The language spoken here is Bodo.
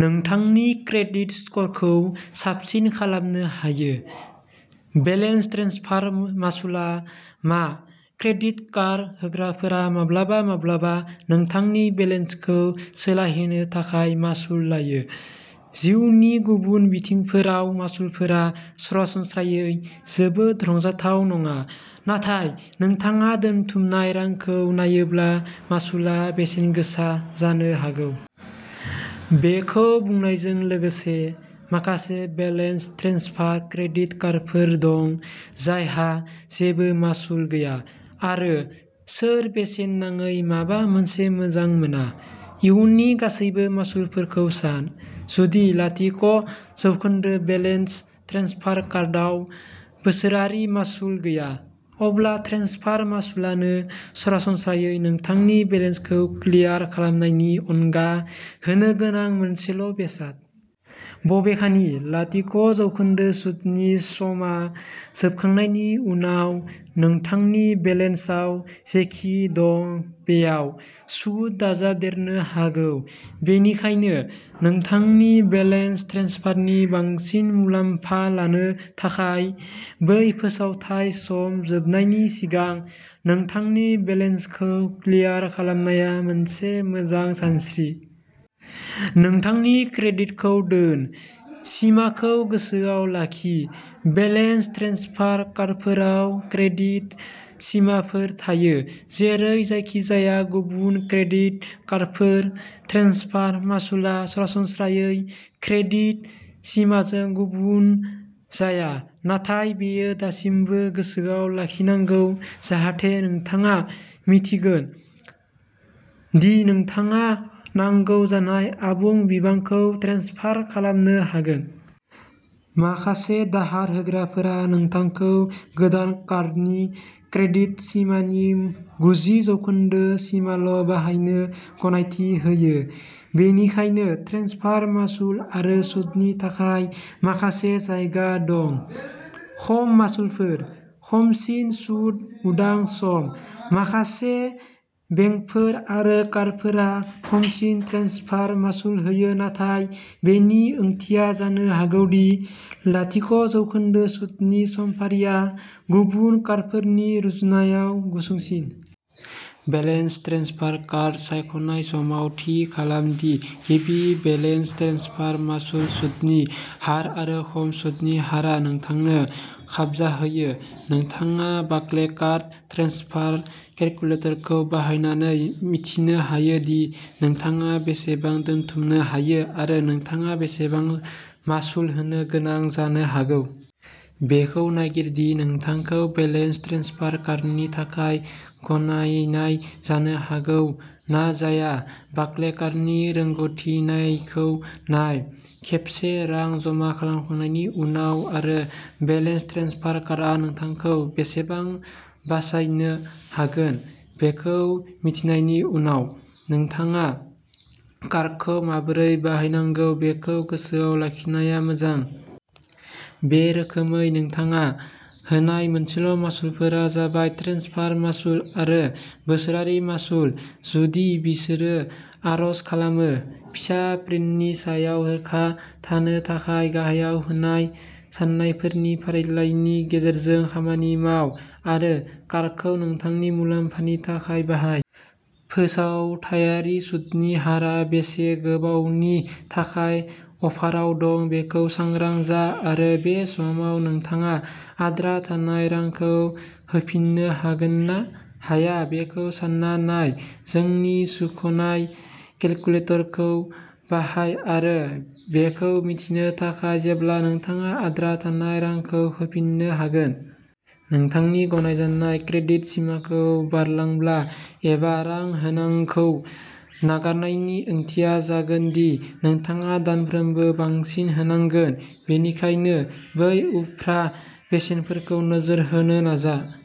नोंथांनि क्रेडिट स्करखौ साबसिन खालामनो हायो। बेलेन्स ट्रेन्सफार मासुलआ मा? क्रेडिट कार्ड होग्राफोरा माब्लाबा-माब्लाबा नोंथांनि बेलेन्सखौ सोलायहोनो थाखाय मासुल लायो। जिउनि गुबुन बिथिंफोराव मासुलफोरा सरासनस्रायै जोबोद रंजाथाव नङा। नाथाय नोंथाङा दोनथुमनाय रांखौ नायोब्ला, मासुलआ बेसेनगोसा जानो हागौ। बेखौ बुंनायजों लोगोसे, माखासे बेलेन्स ट्रेन्सफार क्रेडिट कार्डफोर दं जायहा जेबो मासुल गैया आरो सोर बेसेन नाङै माबा मोनसे मोजां मोना? इयुननि गासैबो मासुलफोरखौ सान। जुदि लाथिक' जौखोन्दो बेलेन्स ट्रेन्सफार कार्डआव बोसोरारि मासुल गैया, अब्ला ट्रेन्सफार मासुलानो सरासनस्रायै नोंथांनि बेलेन्सखौ क्लियार खालामनायनि अनगा होनो गोनां मोनसेल' बेसाद। बबेखानि, लाथिक' जौखोन्दो सुतनि समआ जोबखांनायनि उनाव, नोंथांनि बेलेन्सआव जेखि दं बेयाव सुद दाजाबदेरनो हागौ। बेनिखायनो नोंथांनि बेलेन्स ट्रेन्सफारनि बांसिन मुलाम्फा लानो थाखाय, बै फोसावथाय सम जोबनायनि सिगां नोंथांनि बेलेन्सखौ क्लियार खालामनाया मोनसे मोजां सानस्रि। नोंथांनि क्रेडिटखौ दोन। सिमाखौ गोसोआव लाखि। बेलेन्स ट्रेन्सफार कार्डफोराव क्रेडिट सिमाफोर थायो जेरै जायखिजाया गुबुन क्रेडिट कार्डफोर। ट्रेन्सफार मासुलआ सरासनस्रायै क्रेडिट सिमाजों गुबुन जाया, नाथाय बेयो दासिमबो गोसोआव लाखिनांगौ जाहाथे नोंथाङा मिन्थिगोन दि नोंथाङा नांगौ जानाय आबुं बिबांखौ ट्रेन्सफार खालामनो हागोन। माखासे दाहार होग्राफोरा नोंथांखौ गोदान कार्डनि क्रेडिट सिमानि गुजि जौखोन्दो सिमाल' बाहायनो गनायथि होयो, बेनिखायनो ट्रेन्सफार मासुल आरो सुतनि थाखाय माखासे जायगा दं। खम मासुलफोर। खमसिन सुत उदां सम। माखासे बेंकफोर आरो कार्डफोरा खमसिन ट्रेन्सफार मासुल होयो नाथाय बेनि ओंथिया जानो हागौ दि लाथिक' जौखोन्दो सुतनि समफारिआ गुबुन कार्डफोरनि रुजुनायाव गुसुंसिन। बेलेन्स ट्रेन्सफार कार्ड सायख'नाय समाव, थि खालाम दि गिबि बेलेन्स ट्रेन्सफार मासुल, सुतनि हार आरो खम सुतनि हारआ नोंथांनो खाबजाहोयो। नोंथाङा बार्कलेकार्ड ट्रेन्सफार केलकुलेटरखौ बाहायनानै मिथिनो हायो दि नोंथाङा बेसेबां दोनथुमनो हायो आरो नोंथाङा बेसेबां मासुल होनो गोनां जानो हागौ। बेखौ नागिर दि नोंथांखौ बेलेन्स ट्रेन्सफार कार्डनि थाखाय गनायनाय जानो हागौ ना जाया, बार्कलेकार्डनि रोंग'थि नायखौ नाय। खेबसे रां जमा खालामखांनायनि उनाव आरो बेलेन्स ट्रेन्सफार कार्डआ नोंथांखौ बेसेबां बासायनो हागोन बेखौ मिथिनायनि उनाव, नोंथाङा कार्डखौ माबोरै बाहायनांगौ बेखौ गोसोआव लाखिनाया मोजां। बे रोखोमै, नोंथाङा होनाय मोनसेल' मासुलफोरा जाबाय ट्रेन्सफार मासुल आरो बोसोरारि मासुल, जुदि बिसोरो आर'ज खालामो। फिसा प्रिन्टनि सायाव रोखा थानो थाखाय गाहायाव होनाय सान्नायफोरनि फारिलाइनि गेजेरजों खामानि माव आरो कार्डखौ नोंथांनि मुलाम्फानि थाखाय बाहाय। फोसावथायारि सुतनि हारआ बेसे गोबावनि थाखाय अफाराव दं बेखौ सांग्रां जा आरो बे समाव नोंथाङा आद्रा थानाय रांखौ होफिननो हागोन ना हाया बेखौ सान्ना नाय। जोंनि सुख'नाय केलकुलेटरखौ बाहाय आरो बेखौ मिथिनो थाखाय जेब्ला नोंथाङा आद्रा थानाय रांखौ होफिननो हागोन। नोंथांनि गनायजानाय क्रेडिट सिमाखौ बारलांब्ला एबा रां होनांखौ नागारनायनि ओंथिया जागोन दि नोंथाङा दानफ्रोमबो बांसिन होनांगोन, बेनिखायनो बै उफ्रा बेसेनफोरखौ नोजोर होनो नाजा।